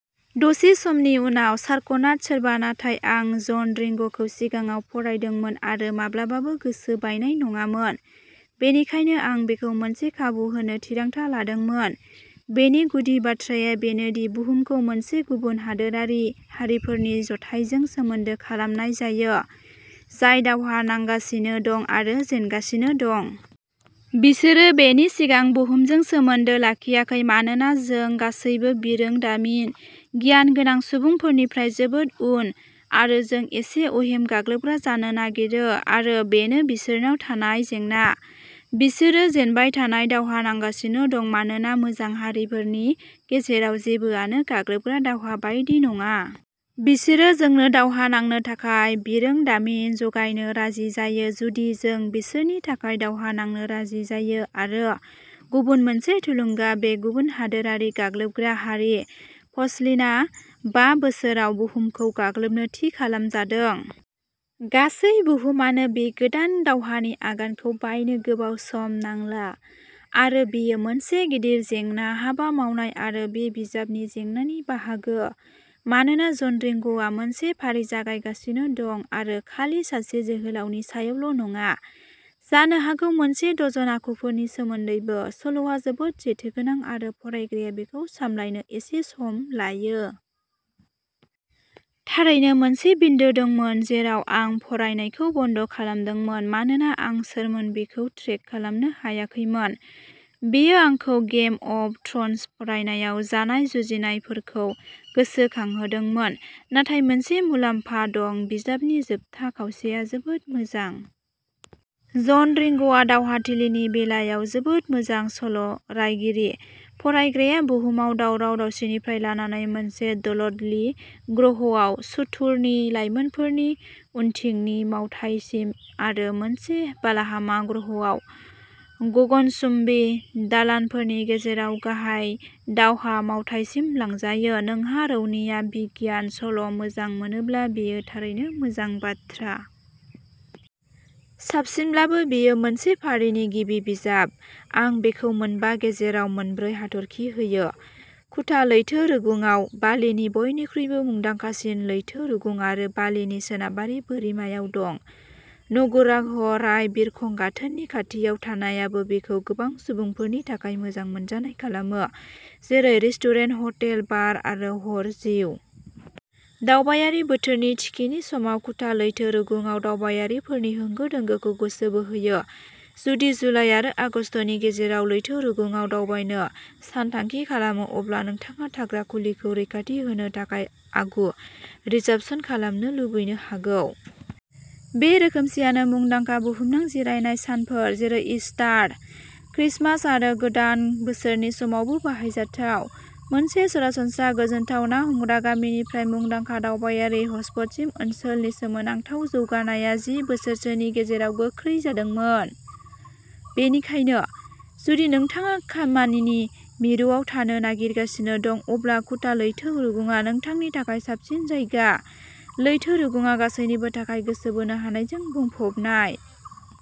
दसे समनि उनाव। शार्कनाड सोरबा नाथाय आं जन रिंग'खौ सिगाङाव फरायदोंमोन आरो माब्लाबाबो गोसो बायनाय नङामोन, बेनिखायनो आं बेखौ मोनसे खाबु होनो थिरांथा लादोंमोन। बेनि गुदि बाथ्राया बेनो दि बुहुमखौ मोनसे गुबुन हादोरारि हारिफोरनि जथायजों सोमोन्दो खालामनाय जायो जाय दावहा नांगासिनो दं आरो जेनगासिनो दं। बिसोरो बेनि सिगां बुहुमजों सोमोन्दो लाखियाखै मानोना जों गासैबो बिरोंदामिन गियान गोनां सुबुंफोरनिफ्राय जोबोद उन, आरो जों एसे, अहेम, गाग्लोबग्रा जानो नागिरो। आरो बेनो बिसोरनाव थानाय जेंना। बिसोरो जेनबाय थानाय दावहा नांगासिनो दं मानोना मोजां हारिफोरनि गेजेराव जेबोआनो गाग्लोबग्रा-दावहा बायदि नङा। बिसोरो जोंनो दावहा नांनो थाखाय बिरोंदामिन जगायनो राजि जायो जुदि जों बिसोरनि थाखाय दावहा नांनो राजि जायो। आरो गुबुन मोनसे थुलुंगा बे गुबुन हादोरारि गाग्लोबग्रा हारि, पसलिनआ, बा बोसोराव बुहुमखौ गाग्लोबनो थि खालामजादों। गासै बुहुमानो बे गोदान दावहानि आगानखौ बायनो गोबाव सम नांला। आरो बेयो मोनसे गिदिर जेंना। हाबा मावनाय आरो बे बिजाबनि जेंनानि बाहागो। मानोना जन रिंग'आ मोनसे फारि जागायगासिनो दं आरो खालि सासे जोहोलावनि सायावल' नङा, जानो हागौ मोनसे डजन आखुफोरनि सोमोन्दैबो, सल'आ जोबोद जेथोगोनां आरो फरायग्राया बेखौ सामलायनो एसे सम लायो। थारैनो, मोनसे बिन्दो दंमोन जेराव आं फरायनायखौ बन्द' खालामदोंमोन मानोना आं सोरमोन बेखौ ट्रेक खालामनो हायाखैमोन। बेयो आंखौ गेम अफ थ्र'न्स फरायनायाव जानाय जुजिनायफोरखौ गोसोखांहोदोंमोन। नाथाय मोनसे मुलाम्फा दं। बिजाबनि जोबथा खावसेया जोबोद मोजां। जन रिंग'आ दावहाथिलिनि बेलायाव जोबोद मोजां सल' रायगिरि। फरायग्राया बुहुमाव दावराव-दावसिनिफ्राय लानानै मोनसे दलदली ग्रहआव सुथुरनि लाइनफोरनि उनथिंनि मावथायसिम आरो मोनसे बालाहामा ग्रहआव गगनचुम्बी दालानफोरनि गेजेराव गाहाय दावहा मावथायसिम लांजायो। नोंहा रौनिया बिगियान-सल' मोजां मोनोब्ला, बेयो थारैनो मोजां बाथ्रा। साबसिनब्लाबो, बेयो मोनसे फारिनि गिबि बिजाब। आं बेखौ मोनबा गेजेराव मोनब्रै हाथरखि होयो। कुटा लैथो रुगुंआव बालिनि बयनिख्रुइबो मुंदांखासिन लैथो रुगुं आरो बालिनि सोनाबारि बोरिमायाव दं। नुगुराह राय बिरखं गाथोननि खाथियाव थानायाबो बेखौ गोबां सुबुंफोरनि थाखाय मोजां मोनजानाय खालामो, जेरै रेस्टुरेन्ट, हटेल, बार आरो हर जिउ। दावबायारि बोथोरनि थिखिनि समाव, कुटा लैथो रुगुंआ दावबायारिफोरनि होंगो-दोंगोखौ गोसो बोहोयो। जुदि जुलाइ आरो आगस्तनि गेजेराव लैथो रुगुंआव दावबायनो सानथांखि खालामो, अब्ला नोंथाङा थाग्रा खुलिखौ रैखाथि होनो थाखाय आगु रिजार्भसन खालामनो लुबैनो हागौ। बे रोखोमसेआनो मुंदांखा बुहुमनां जिरायनाय सानफोर जेरै इस्टार, क्रिसमास आरो गोदान बोसोरनि समावबो बाहायजाथाव। मोनसे सरासनस्रा गोजोनथाव ना हमग्रा गामिनिफ्राय मुंदांखा दावबायारि हटस्पटसिम ओनसोलनि सोमोनांथाव जौगानायआ जि बोसोरसोनि गेजेराव गोख्रै जादोंमोन। बेनिखायनो, जुदि नोंथाङा खामानिनि मिरुआव थानो नागिरगासिनो दं, अब्ला कुटा लैथो रुगुंआ नोंथांनि थाखाय साबसिन जायगा। लैथो रुगुंआ गासैनिबो थाखाय गोसो बोनो हानायजों बुंफबनाय।